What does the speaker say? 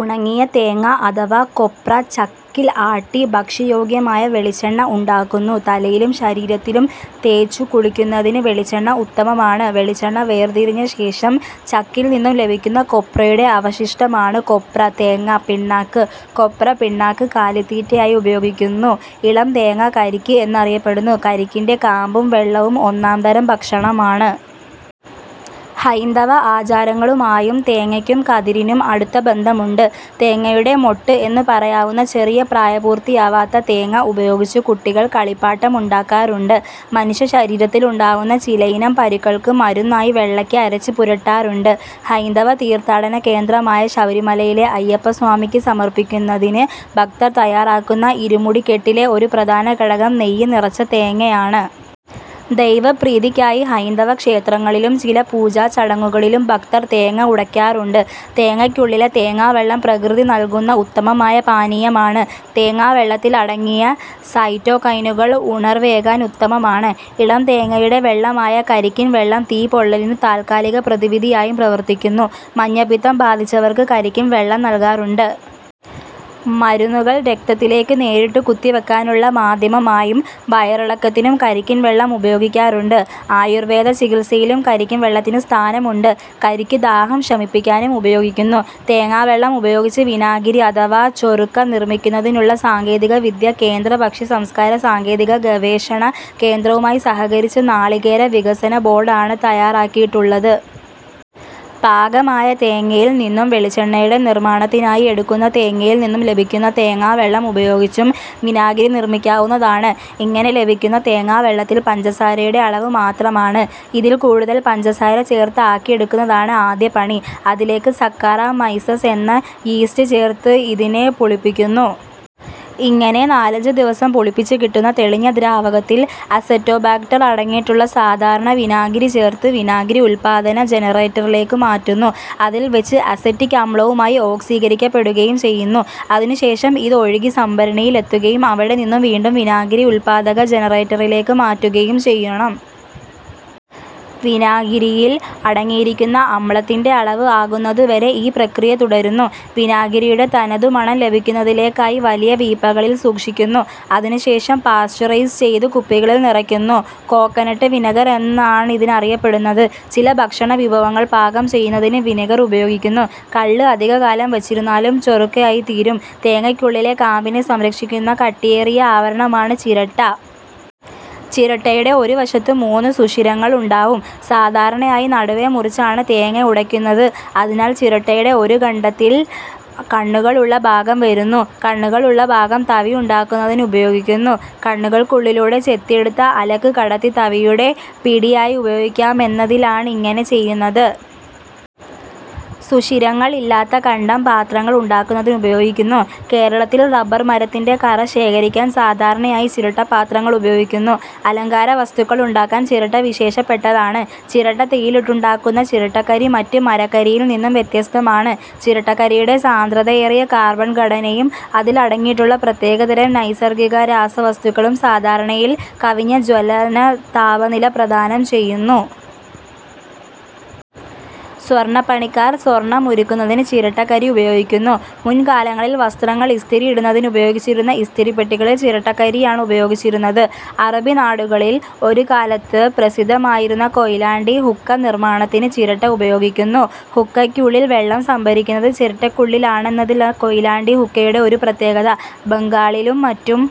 ഉണങ്ങിയ തേങ്ങ അഥവാ കൊപ്ര ചക്കിൽ ആട്ടി ഭക്ഷ്യയോഗ്യമായ വെളിച്ചെണ്ണ ഉണ്ടാക്കുന്നു. തലയിലും ശരീരത്തും തേച്ചുകുളിക്കുന്നതിന് വെളിച്ചെണ്ണ ഉത്തമമാണ്. വെളിച്ചെണ്ണ വേർതിരിഞ്ഞ ശേഷം ചക്കിൽ നിന്നും ലഭിക്കുന്ന കൊപ്രയുടെ അവശിഷ്ടമാണ് കൊപ്ര/തേങ്ങ പിണ്ണാക്ക്. കൊപ്ര പിണ്ണാക്ക് കാലിത്തീറ്റയായി ഉപയോഗിക്കുന്നു. ഇളം തേങ്ങ കരിക്ക് എന്നറിയപ്പെടുന്നു. കരിക്കിന്റെ കാമ്പും, വെള്ളവും ഒന്നാംതരം ഭക്ഷണമാണ്. ഹൈന്ദവ ആചാരങ്ങളുമായും തേങ്ങക്കും കതിരിനും അടുത്ത ബന്ധമുണ്ട്. തേങ്ങയുടെ മൊട്ട് എന്ന് പറയാവുന്ന ചെറിയ പ്രായപൂർത്തിയാവാത്ത തേങ്ങ ഉപയോഗിച്ച് കുട്ടികൾ കളിപ്പാട്ടം ഉണ്ടാക്കാറുണ്ട്. മനുഷ്യശരീരത്തിലുണ്ടാവുന്ന ചിലയിനം പരുക്കൾക്ക് മരുന്നായി വെള്ളക്ക അരച്ച് പുരട്ടാറുണ്ട്. ഹൈന്ദവ തീർഥാടന കേന്ദ്രമായ ശബരിമലയിലെ അയ്യപ്പസ്വാമിക്ക് സമർപ്പിക്കുന്നതിന് ഭക്തർ തയ്യാറാക്കുന്ന ഇരുമുടിക്കെട്ടിലെ ഒരു പ്രധാനഘടകം നെയ്യ് നിറച്ച തേങ്ങയാണ്. ദൈവ പ്രീതിക്കായി ഹൈന്ദവ ക്ഷേത്രങ്ങളിലും, ചില പൂജാ ചടങ്ങുകളിലും ഭക്തർ തേങ്ങ ഉടക്കാറുണ്ട്. തേങ്ങക്കുള്ളിലെ തേങ്ങാവെള്ളം പ്രകൃതി നൾകുന്ന ഉത്തമമായ പാനീയമാണ്. തേങ്ങാവെള്ളത്തിൽ അടങ്ങിയ സൈറ്റോകൈനുകൾ ഉണർവ്വേകാൻ ഉത്തമമാണ്. ഇളം തേങ്ങയുടെ വെള്ളമായ കരിക്കിൻവെള്ളം തീ പൊള്ളലിനു താത്കാലിക പ്രതിവിധിയായും പ്രവർത്തിക്കുന്നു. മഞ്ഞപ്പിത്തം ബാധിച്ചവർക്ക് കരിക്കിൻ വെള്ളം നൽകാറുണ്ട്. മരുന്നുകൾ രക്തത്തിലേക്കു നേരിട്ടുകുത്തിവെക്കാനുള്ള മാദ്ധ്യമമായും, വയറിളക്കത്തിനും കരിക്കിൻവെള്ളം ഉപയോഗിക്കാറുണ്ട്. ആയുർവേദ ചികിത്സയിലും കരിക്കിൻ വെള്ളത്തിന് സ്ഥാനമുണ്ട്. കരിക്ക് ദാഹം ശമിപ്പിക്കാനും ഉപയോഗിക്കുന്നു. തേങ്ങാവെള്ളം ഉപയോഗിച്ച് വിനാഗിരി അഥവാ ചൊറുക്ക നിർമ്മിക്കുന്നതിനുള്ള സാങ്കേതികവിദ്യ കേന്ദ്ര ഭക്ഷ്യസംസ്കരണ സാങ്കേതിക ഗവേഷണ കേന്ദ്രവുമായി സഹകരിച്ച് നാളികേര വികസന ബോർഡാണ് തായ്യാറാക്കിയിട്ടുള്ളത്. പാകമായ തേങ്ങയിൽ നിന്നും വെളിച്ചെണ്ണയുടെ നിർമ്മാണത്തിനായി എടുക്കുന്ന തേങ്ങയിൽ നിന്നും ലഭിക്കുന്ന തേങ്ങാവെള്ളം ഉപയോഗിച്ചും വിനാഗിരി നിർമ്മിക്കാവുന്നതാണ്. ഇങ്ങനെ ലഭിക്കുന്ന തേങ്ങാ വെള്ളത്തിൽ പഞ്ചസാരയുടെ അളവ് മാത്രമാണ്. ഇതിൽ കൂടുതൽ പഞ്ചസാര ചേർത്ത് ആക്കിയെടുക്കുന്നതാണ് ആദ്യ പണി. അതിലേയ്ക്ക് സക്കറാ മൈസസ് എന്ന യീസ്റ്റ് ചേർത്ത് ഇതിനെ പുളിപ്പിക്കുന്നു. ഇങ്ങനെ നാലഞ്ചു ദിവസം പുളിപ്പിച്ച് കിട്ടുന്ന തെളിഞ്ഞ ദ്രാവകത്തിൽ അസറ്റോബാക്ടർ അടങ്ങിയിട്ടുള്ള സാധാരണ വിനാഗിരി ചേർത്ത് വിനാഗിരി ഉത്പാദന ജനറേറ്ററിലേയ്ക്ക് മാറ്റുന്നു. അതിൽ വച്ച് അസറ്റിക് അമ്ലവുമായി ഓക്സീകരിക്കപ്പെടുകയും ചെയ്യുന്നു. അതിനുശേഷം ഇത് ഒഴുകി സംഭരണിയിൽ എത്തുകയും അവിടെനിന്നും വീണ്ടും വിനാഗിരി ഉത്പാദക ജനറേറ്ററിലേയ്ക്ക് മാറ്റുകയും ചെയ്യണം. വിനാഗിരിയിൽ അടങ്ങിയിരിക്കുന്ന അമ്ലത്തിന്റെ അളവ് ആകുന്നതുവരെ ഈ പ്രക്രിയ തുടരുന്നു. വിനാഗിരിയുടെ തനതു മണം ലഭിക്കുന്നതിലേയ്ക്കായി വലിയ വീപ്പകളിൽ സൂക്ഷിക്കുന്നു. അതിനുശേഷം പാസ്ചുറൈസ് ചെയ്ത് കുപ്പികളിൽ നിറയ്ക്കുന്നു. കോക്കനട്ട് വിനിഗർഎന്നാണിതറിയപ്പെടുന്നത്. ചില ഭക്ഷണവിഭവങ്ങൾ പാകം ചെയ്യുന്നതിന് വിനിഗർ ഉപയോഗിക്കുന്നു. കള്ള് അധികകാലം വച്ചിരുന്നാലും ചൊറുക്കയായിത്തീരും തേങ്ങക്കുള്ളിലെ കാമ്പിനെ സംരക്ഷിക്കുന്ന കട്ടിയേറിയ ആവരണമാണ് ചിരട്ട. ചിരട്ടയുടെ ഒരു വശത്ത് മൂന്ന് സുഷിരങ്ങൾ ഉണ്ടാവും. സാധാരണയായി നടുവെ മുറിച്ചാണ് തേങ്ങ ഉടക്കുന്നത്. അതിനാൽ ചിരട്ടയുടെ ഒരു ഖണ്ഡത്തിൽ കണ്ണുകൾ ഉള്ള ഭാഗം വരുന്നു. കണ്ണുകൾ ഉള്ള ഭാഗം തവി ഉണ്ടാക്കുന്നതിന് ഉപയോഗിക്കുന്നു. കണ്ണുകൾക്കുള്ളിലൂടെ ചെത്തിയെടുത്ത അലക് കടത്തി തവിയുടെ പിടിയായി ഉപയോഗിക്കാമെന്നതിലാണിങ്ങനെ ചെയ്യുന്നത്. സുഷിരങ്ങൾ ഇല്ലാത്ത ഖണ്ഡം പാത്രങ്ങൾ ഉണ്ടാക്കുന്നതിനുപയോഗിക്കുന്നു. കേരളത്തിൽ റബ്ബർ മരത്തിന്റെ കറ ശേഖരിക്കാൻ സാധാരണയായി ചിരട്ടപ്പാത്രങ്ങൾ ഉപയോഗിക്കുന്നു. അലങ്കാരവസ്തുക്കൾ ഉണ്ടാക്കാൻ ചിരട്ട വിശേഷപ്പെട്ടതാണ്. ചിരട്ട തീയിലിട്ട് ഉണ്ടാക്കുന്ന ചിരട്ടക്കരി മറ്റ് മരക്കരിയിൽ നിന്ന് വ്യത്യസ്തമാണ്. ചിരട്ടക്കരിയുടെ സാന്ദ്രതയേറിയ കാർബൺഘടനയും അതിൽ അടങ്ങിയിട്ടുള്ള പ്രത്യേകതരം നൈസർഗ്ഗികരാസവസ്തുക്കളും സാധാരണയിൽ കവിഞ്ഞ ജ്വലനതാപനില പ്രദാനം ചെയ്യുന്നു. സ്വർണ്ണപ്പണിക്കാർ സ്വർണ്ണം ഉരുക്കുന്നതിന് ചിരട്ടക്കരി ഉപയോഗിക്കുന്നു. മുൻ കാലങ്ങളിൽ വസ്ത്രങ്ങൾ ഇസ്തിരി ഇടുന്നതിനുപയോഗിച്ചിരുന്ന ഇസ്തിരിപ്പെട്ടികളിൽ ചിരട്ടക്കരിയാണുപയോഗിച്ചിരുന്നത്. അറബി നാടുകളിൽ ഒരുകാലത്ത് പ്രസിദ്ധമായിരുന്ന കൊയിലാണ്ടി ഹുക്ക നിർമ്മാണത്തിന് ചിരട്ട ഉപയോഗിക്കുന്നു. ഹുക്കക്കുള്ളിൽ വെള്ളം സംഭരിക്കുന്നത് ചിരട്ടക്കുള്ളിലാണെന്നതാണ് കൊയിലാണ്ടി ഹുക്കയുടെ ഒരു പ്രത്യേകത. ബംഗാളിലും മറ്റും